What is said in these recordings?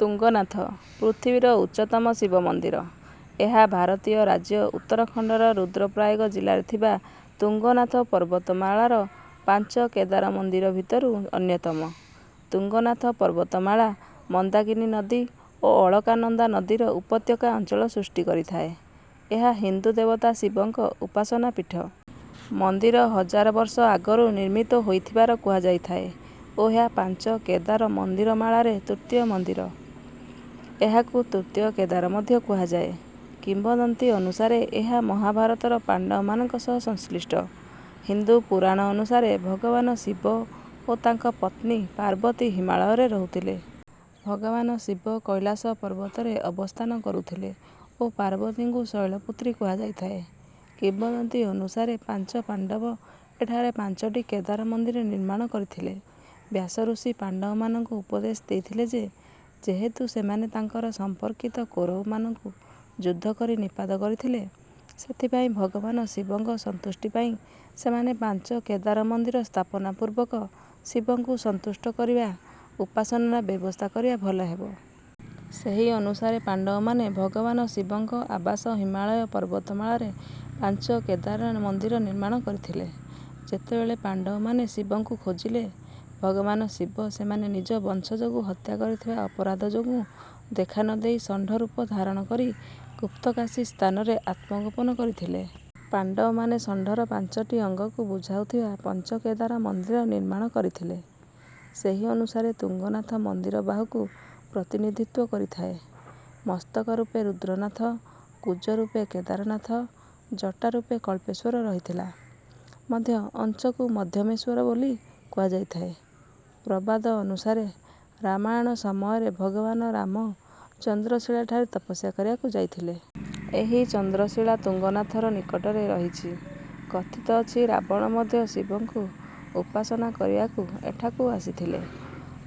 ତୁଙ୍ଗନାଥ, ପୃଥିବୀର ଉଚ୍ଚତମ ଶିବ ମନ୍ଦିର। ଏହା ଭାରତୀୟ ରାଜ୍ୟ ଉତ୍ତରଖଣ୍ଡର ରୁଦ୍ରପ୍ରୟାଗ ଜିଲ୍ଲାରେ ଥିବା ତୁଙ୍ଗନାଥ ପର୍ବତମାଳାର ପାଞ୍ଚ କେଦାର ମନ୍ଦିର ଭିତରୁ ଅନ୍ୟତମ। ତୁଙ୍ଗନାଥ ପର୍ବତମାଳା ମନ୍ଦାକିନୀ ନଦୀ ଓ ଅଳକାନନ୍ଦା ନଦୀର ଉପତ୍ୟକା ଅଞ୍ଚଳ ସୃଷ୍ଟି କରିଥାଏ। ଏହା ହିନ୍ଦୁ ଦେବତା ଶିବଙ୍କ ଉପାସନା ପୀଠ। ମନ୍ଦିର ହଜାର ବର୍ଷ ଆଗରୁ ନିର୍ମିତ ହୋଇଥିବାର କୁହାଯାଇଥାଏ ଓ ଏହା ପାଞ୍ଚ କେଦାର ମନ୍ଦିରମାଳାରେ ତୃତୀୟ ମନ୍ଦିର। ଏହାକୁ ତୃତୀୟ କେଦାର ମଧ୍ୟ କୁହାଯାଏ। କିମ୍ବଦନ୍ତୀ ଅନୁସାରେ ଏହା ମହାଭାରତର ପାଣ୍ଡବମାନଙ୍କ ସହ ସଂଶ୍ଳିଷ୍ଟ। ହିନ୍ଦୁ ପୁରାଣ ଅନୁସାରେ ଭଗବାନ ଶିବ ଓ ତାଙ୍କ ପତ୍ନୀ ପାର୍ବତୀ ହିମାଳୟରେ ରହୁଥିଲେ। ଭଗବାନ ଶିବ କୈଲାସ ପର୍ବତରେ ଅବସ୍ଥାନ କରୁଥିଲେ ଓ ପାର୍ବତୀଙ୍କୁ ଶୈଳପୁତ୍ରୀ କୁହାଯାଇଥାଏ। କିମ୍ବଦନ୍ତୀ ଅନୁସାରେ ପାଞ୍ଚ ପାଣ୍ଡବ ଏଠାରେ ପାଞ୍ଚଟି କେଦାର ମନ୍ଦିର ନିର୍ମାଣ କରିଥିଲେ। ବ୍ୟାସ ଋଷି ପାଣ୍ଡବମାନଙ୍କୁ ଉପଦେଶ ଦେଇଥିଲେ ଯେ ଯେହେତୁ ସେମାନେ ତାଙ୍କର ସମ୍ପର୍କିତ କୌରବମାନଙ୍କୁ ଯୁଦ୍ଧ କରି ନିପାତ କରିଥିଲେ, ସେଥିପାଇଁ ଭଗବାନ ଶିବଙ୍କ ସନ୍ତୁଷ୍ଟି ପାଇଁ ସେମାନେ ପାଞ୍ଚ କେଦାର ମନ୍ଦିର ସ୍ଥାପନା ପୂର୍ବକ ଶିବଙ୍କୁ ସନ୍ତୁଷ୍ଟ କରିବା ଉପାସନାର ବ୍ୟବସ୍ଥା କରିବା ଭଲ ହେବ। ସେହି ଅନୁସାରେ ପାଣ୍ଡବମାନେ ଭଗବାନ ଶିବଙ୍କ ଆବାସ ହିମାଳୟ ପର୍ବତମାଳାରେ ପାଞ୍ଚ କେଦାର ମନ୍ଦିର ନିର୍ମାଣ କରିଥିଲେ। ଯେତେବେଳେ ପାଣ୍ଡବମାନେ ଶିବଙ୍କୁ ଖୋଜିଲେ, ଭଗବାନ ଶିବ ସେମାନେ ନିଜ ବଂଶଜଙ୍କୁ ହତ୍ୟା କରିଥିବା ଅପରାଧ ଯୋଗୁଁ ଦେଖା ନ ଦେଇ ଷଣ୍ଢରୂପ ଧାରଣ କରି ଗୁପ୍ତକାଶୀ ସ୍ଥାନରେ ଆତ୍ମଗୋପନ କରିଥିଲେ। ପାଣ୍ଡବମାନେ ଷଣ୍ଢର ପାଞ୍ଚଟି ଅଙ୍ଗକୁ ବୁଝାଉଥିବା ପଞ୍ଚକେଦାର ମନ୍ଦିର ନିର୍ମାଣ କରିଥିଲେ। ସେହି ଅନୁସାରେ ତୁଙ୍ଗନାଥ ମନ୍ଦିର ବାହୁକୁ ପ୍ରତିନିଧିତ୍ୱ କରିଥାଏ। ମସ୍ତକ ରୂପେ ରୁଦ୍ରନାଥ, କୁଜ ରୂପେ କେଦାରନାଥ, ଜଟା ରୂପେ କଳ୍ପେଶ୍ୱର ରହିଥିଲା। ମଧ୍ୟ ଅଂଶକୁ ମଧ୍ୟମେଶ୍ୱର ମନ୍ଦିର ବୋଲି କୁହାଯାଇଥାଏ। ପ୍ରବାଦ ଅନୁସାରେ ରାମାୟଣ ସମୟରେ ଭଗବାନ ରାମ ଚନ୍ଦ୍ରଶିଳାଠାରେ ତପସ୍ୟା କରିବାକୁ ଯାଇଥିଲେ। ଏହି ଚନ୍ଦ୍ରଶିଳା ତୁଙ୍ଗନାଥର ନିକଟରେ ରହିଛି। କଥିତ ଅଛି, ରାବଣ ମଧ୍ୟ ଶିବଙ୍କୁ ଉପାସନା କରିବାକୁ ଏଠାକୁ ଆସିଥିଲେ।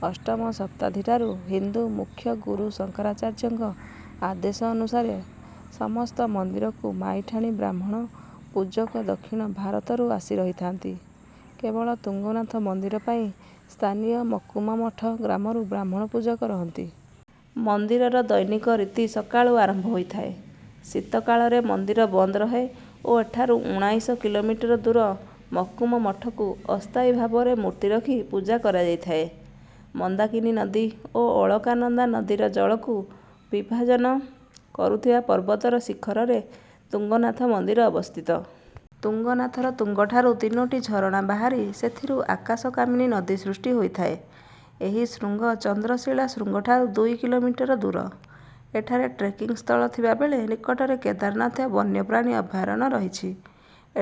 ଅଷ୍ଟମ ଶତାବ୍ଦୀଠାରୁ ହିନ୍ଦୁ ମୁଖ୍ୟ ଗୁରୁ ଶଙ୍କରାଚାର୍ଯ୍ୟଙ୍କ ଆଦେଶ ଅନୁସାରେ ସମସ୍ତ ମନ୍ଦିରକୁ ମାଇଠାଣି ବ୍ରାହ୍ମଣ ପୂଜକ ଦକ୍ଷିଣ ଭାରତରୁ ଆସି ରହିଥାନ୍ତି। କେବଳ ତୁଙ୍ଗନାଥ ମନ୍ଦିର ପାଇଁ ସ୍ଥାନୀୟ ମକୁମମଠ ଗ୍ରାମରୁ ବ୍ରାହ୍ମଣ ପୂଜକ ରହନ୍ତି। ମନ୍ଦିରର ଦୈନିକ ରୀତି ସକାଳୁ ଆରମ୍ଭ ହୋଇଥାଏ। ଶୀତକାଳରେ ମନ୍ଦିର ବନ୍ଦ ରହେ ଓ ଏଠାରୁ ଉଣାଇଶ କିଲୋମିଟର ଦୂର ମକୁମମଠକୁ ଅସ୍ଥାୟୀ ଭାବରେ ମୂର୍ତ୍ତି ରଖି ପୂଜା କରାଯାଇଥାଏ। ମନ୍ଦାକିନୀ ନଦୀ ଓ ଅଳକାନନ୍ଦା ନଦୀର ଜଳକୁ ବିଭାଜନ କରୁଥିବା ପର୍ବତର ଶିଖରରେ ତୁଙ୍ଗନାଥ ମନ୍ଦିର ଅବସ୍ଥିତ। ତୁଙ୍ଗନାଥର ତୁଙ୍ଗଠାରୁ ତିନୋଟି ଝରଣା ବାହାରି ସେଥିରୁ ଆକାଶକାମିନୀ ନଦୀ ସୃଷ୍ଟି ହୋଇଥାଏ। ଏହି ଶୃଙ୍ଗ ଚନ୍ଦ୍ରଶିଳା ଶୃଙ୍ଗଠାରୁ ଦୁଇ କିଲୋମିଟର ଦୂର। ଏଠାରେ ଟ୍ରେକିଂ ସ୍ଥଳ ଥିବା ବେଳେ ନିକଟରେ କେଦାରନାଥ ବନ୍ୟପ୍ରାଣୀ ଅଭୟାରଣ୍ୟ ରହିଛି।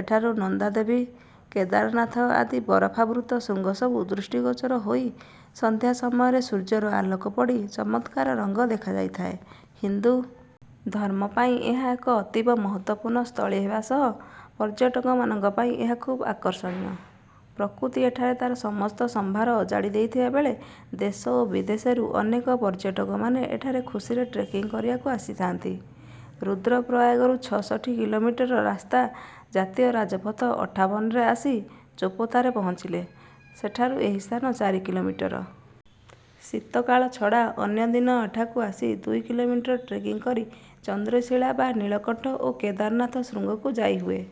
ଏଠାରୁ ନନ୍ଦାଦେବୀ, କେଦାରନାଥ ଆଦି ବରଫାବୃତ ଶୃଙ୍ଗସବୁ ଦୃଷ୍ଟିଗୋଚର ହୋଇ ସନ୍ଧ୍ୟା ସମୟରେ ସୂର୍ଯ୍ୟର ଆଲୋକ ପଡ଼ି ଚମତ୍କାର ରଙ୍ଗ ଦେଖାଯାଇଥାଏ। ହିନ୍ଦୁ ଧର୍ମ ପାଇଁ ଏହା ଏକ ଅତୀବ ମହତ୍ତ୍ୱପୂର୍ଣ୍ଣ ସ୍ଥଳୀ ହେବା ସହ ପର୍ଯ୍ୟଟକମାନଙ୍କ ପାଇଁ ଏହା ଖୁବ୍ ଆକର୍ଷଣୀୟ। ପ୍ରକୃତି ଏଠାରେ ତାର ସମସ୍ତ ସମ୍ଭାର ଅଜାଡ଼ି ଦେଇଥିବା ବେଳେ ଦେଶ ଓ ବିଦେଶରୁ ଅନେକ ପର୍ଯ୍ୟଟକମାନେ ଏଠାରେ ଖୁସିରେ ଟ୍ରେକିଂ କରିବାକୁ ଆସିଥାନ୍ତି। ରୁଦ୍ରପ୍ରୟାଗରୁ ଛଷଠି କିଲୋମିଟର ରାସ୍ତା ଜାତୀୟ ରାଜପଥ ଅଠାବନରେ ଆସି ଚୋପତାରେ ପହଞ୍ଚିଲେ, ସେଠାରୁ ଏହି ସ୍ଥାନ ଚାରି କିଲୋମିଟର। ଶୀତକାଳ ଛଡ଼ା ଅନ୍ୟ ଦିନ ଏଠାକୁ ଆସି ଦୁଇ କିଲୋମିଟର ଟ୍ରେକିଂ କରି ଚନ୍ଦ୍ରଶିଳା ବା ନୀଳକଣ୍ଠ ଓ କେଦାରନାଥ ଶୃଙ୍ଗକୁ ଯାଇହୁଏ।